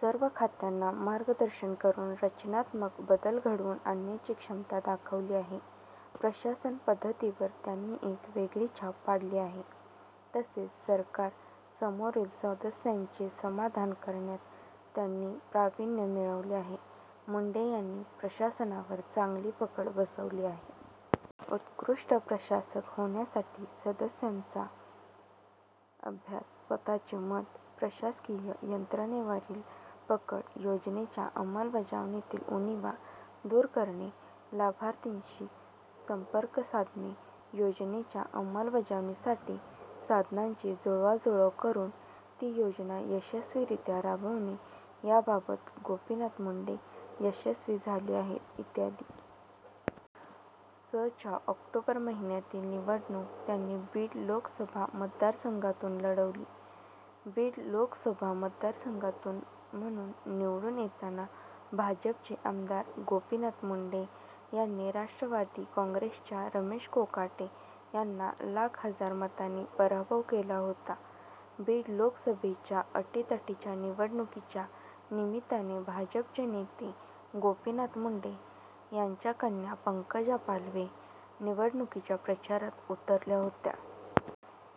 सर्व खात्यांना मार्गदर्शन करून, रचनात्मक बदल घडवून आणण्याची क्षमता दाखवली आहे. प्रशासन पद्धतीवर त्यांनी एक वेगळी छाप पाडली आहे. तसेच सरकार समोरील समस्यांचे समाधान करण्यात त्यांनी प्रावीण्य मिळवले आहे. मुंडे यांनी प्रशासनावर चांगली पकड बसवली आहे. उत्कृष्ट प्रशासक होण्यासाठी समस्यांचा अभ्यास, स्वतःचे मत, प्रशासकीय यंत्रणेवारील पकड, योजनेच्या अमलबजावणीतील उणीवा दूर करणे, लाभार्थीशी सम्पर्कसाधने, योजनेच्या अमलबजावणीसाठी साधनांची जुळवाजुळव करून ती योजना यशस्वीरित्या राबविणे याबाबत गोपीनाथ मुंडे यशस्वी झाले आहेत. इ. स. च्या ऑक्टोबर महिन्यातील निवडणूक त्यांनी बीड लोकसभा मतदारसंघातून लढवली. बीड लोकसभा मतदारसंघातून म्हणून निवडून येताना भाजपचे आमदार गोपीनाथ मुंडे यांनी राष्ट्रवादी काँग्रेसच्या रमेश कोकाटे यांना लाख हजार मतांनी पराभव केला होता. बीड लोकसभेच्या अटीतटीच्या निवडणुकीच्या निमित्ताने भाजपचे नेते गोपीनाथ मुंडे यांच्या कन्या पंकजा पालवे निवडणुकीच्या प्रचारात उतरल्या होत्या.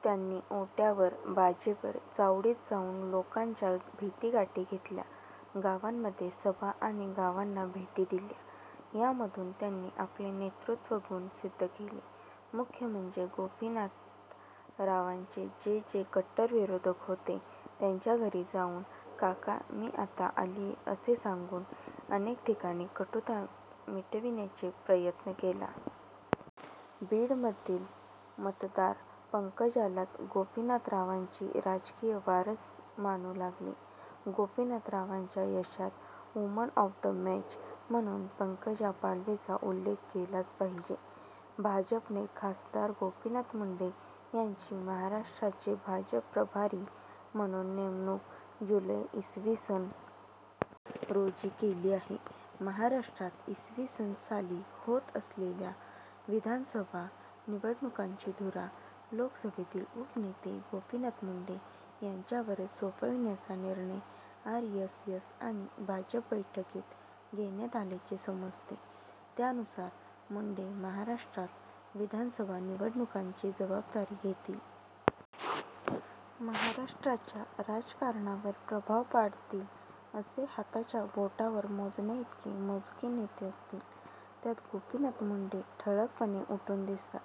त्यांनी ओट्यावर, बाजेवर, चावडीत जाऊन लोकांच्या भेटीगाठी घेतल्या. गावांमध्ये सभा आणि गावांना भेटी दिल्या. यामधून त्यांनी आपले नेतृत्वगुण सिद्घ केले. मुख्य म्हणजे गोपीनाथरावांचे जे जे कट्टर विरोधक होते त्यांच्या घरी जाऊन 'काका मी आता आलीय' असे सांगून अनेक ठिकाणी कटुता मिटविण्याचा प्रयत्न केला. बीडमधील मतदार पंकजालाच गोपीनाथरावांची राजकीय वारस मानू लागले. गोपीनाथरावांच्या यशात 'वुमन ऑफ द मॅच' म्हणून पंकजा पालवेचा उल्लेख केलाच पाहिजे.। भाजपने खासदार गोपीनाथ मुंडे यांची महाराष्ट्राचे भाजप प्रभारी म्हणून नेमणूक जूलै, इ. स. रोजी केली आहे. महाराष्ट्रात इ. स. साली होत असलेल्या विधानसभा निवडणुकांची धुरा लोकसभेतील उपनेते गोपीनाथ मुंडे यांच्यावरच सोपविण्याचा निर्णय आरएसएस आणि भाजप बैठकीत घेण्यात आल्याचे समजते. त्यानुसार मुंडे महाराष्ट्रात विधानसभा निवडणुकांची जबाबदारी घेतील. महाराष्ट्राच्या राजकारणावर प्रभाव पाडतील असे हाताच्या बोटावर मोजण्याइतके मोजके नेते असतील. त्यात गोपीनाथ मुंडे ठळकपणे उठून दिसतात.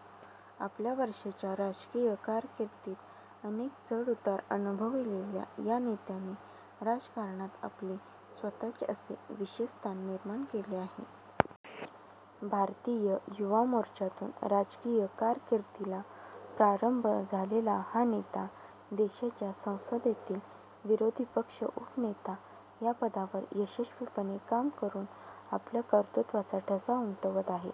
आपल्या वर्षाच्या राजकीय कारकिर्दीत अनेक चढउतार अनुभवलेल्या या नेत्याने राजकारणात आपले स्वतःचे असे विशेष स्थान निर्माण केले आहे. भारतीय युवा मोर्चातून राजकीय कारकिर्दीला प्रारंभ झालेला हा नेता देशाच्या संसदेतील विरोधी पक्ष उपनेता या पदावर यशस्वीपणे काम करून आपल्या कर्तृत्त्वाचा ठसा उमटवत आहे,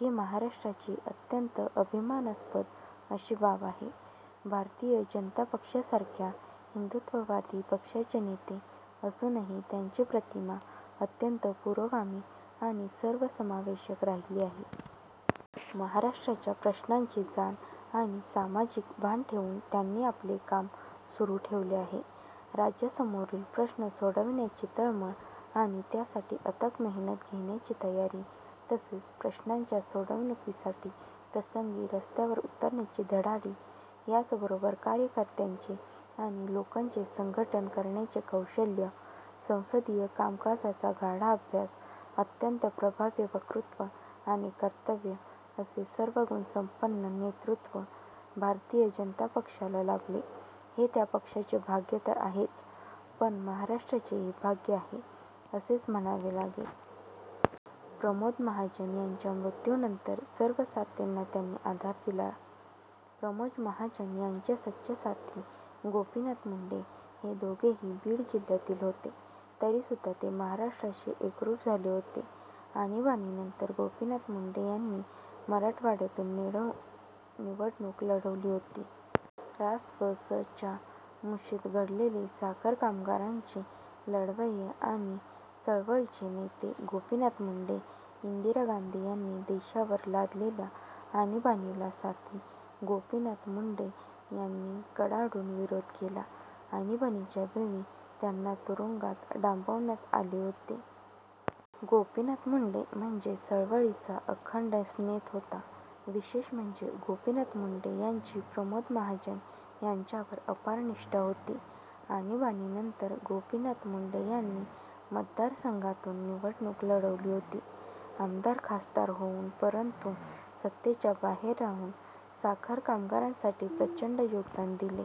ही महाराष्ट्रासाठी अत्यंत अभिमानास्पद अशी बाब आहे. भारतीय जनता पक्षासारख्या हिन्दुत्ववादी पक्षाचे नेते असूनही त्यांची प्रतिमा अत्यंत पुरोगामी आणि सर्वसमावेशक राहिली आहे. महाराष्ट्राच्या प्रश्नांची जाण आणि सामाजिक भान ठेवून त्यांनी आपले काम सुरू ठेवले आहे. राज्यासमोरील प्रश्न सोडवण्याची तळमळ आणि त्यासाठी अथक मेहनत घेण्याची तयारी तसेच प्रश्नांच्या सोडवणुकीसाठी प्रसंगी रस्त्यावर उतरण्याची धडाडी, याचबरोबर कार्यकत्र्यांचे आणि लोकांचे संघटन करण्याचे कौशल्य, संसदीय कामकाजाचा गाढा अभ्यास, अत्यंत प्रभावी वक्तृत्व आणि कर्तत्त्व असे सर्वगुणसम्पन्न नेतृत्व भारतीय जनता पक्षाला लाभले, हे त्या पक्षाचे भाग्य तर आहेच; पण महाराष्ट्राचेही भाग्य आहे, असेच म्हणावे लागेल. प्रमोद महाजन यांच्या मृत्यूनंतर सर्व साथींना त्यांनी आधार दिला. प्रमोद महाजन यांचे सच्चे साथी गोपीनाथ मुंडे हे दोघेही बीड जिल्ह्यातील होते तरीसुद्धा ते महाराष्ट्राशी एकरूप झाले होते. आणीबाणीनंतर गोपीनाथ मुंडे यांनी मराठवाडातून निवडणूक लढवली होती. रा. स्व. स. च्या मुशीत घडलेले साखर कामगारांचे लढवय्ये आणि चळवळीचे नेते गोपीनाथ मुंडे. इन्दिरा गान्धी यांनी देशावर लादलेल्या आणीबाणीला साथी गोपीनाथ मुंडे यांनी कडाडून विरोध केला. आणीबाणीच्या वेळी त्यांना तुरुंगात डाम्बण्यात आले होते. गोपीनाथ मुंडे म्हणजे चळवळीचा अखण्ड स्नेत होता. विशेष म्हणजे गोपीनाथ मुंडे यांची प्रमोद महाजन यांच्यावर अपार निष्ठा होती. आणीबाणीनंतर गोपीनाथ मुंडे यांनी मतदारसंघातून निवडणूक लढवली होती. आमदार- खासदार होऊन परंतु सत्तेच्या बाहेर राहून साखर कामगारांसाठी प्रचण्ड योगदान दिले.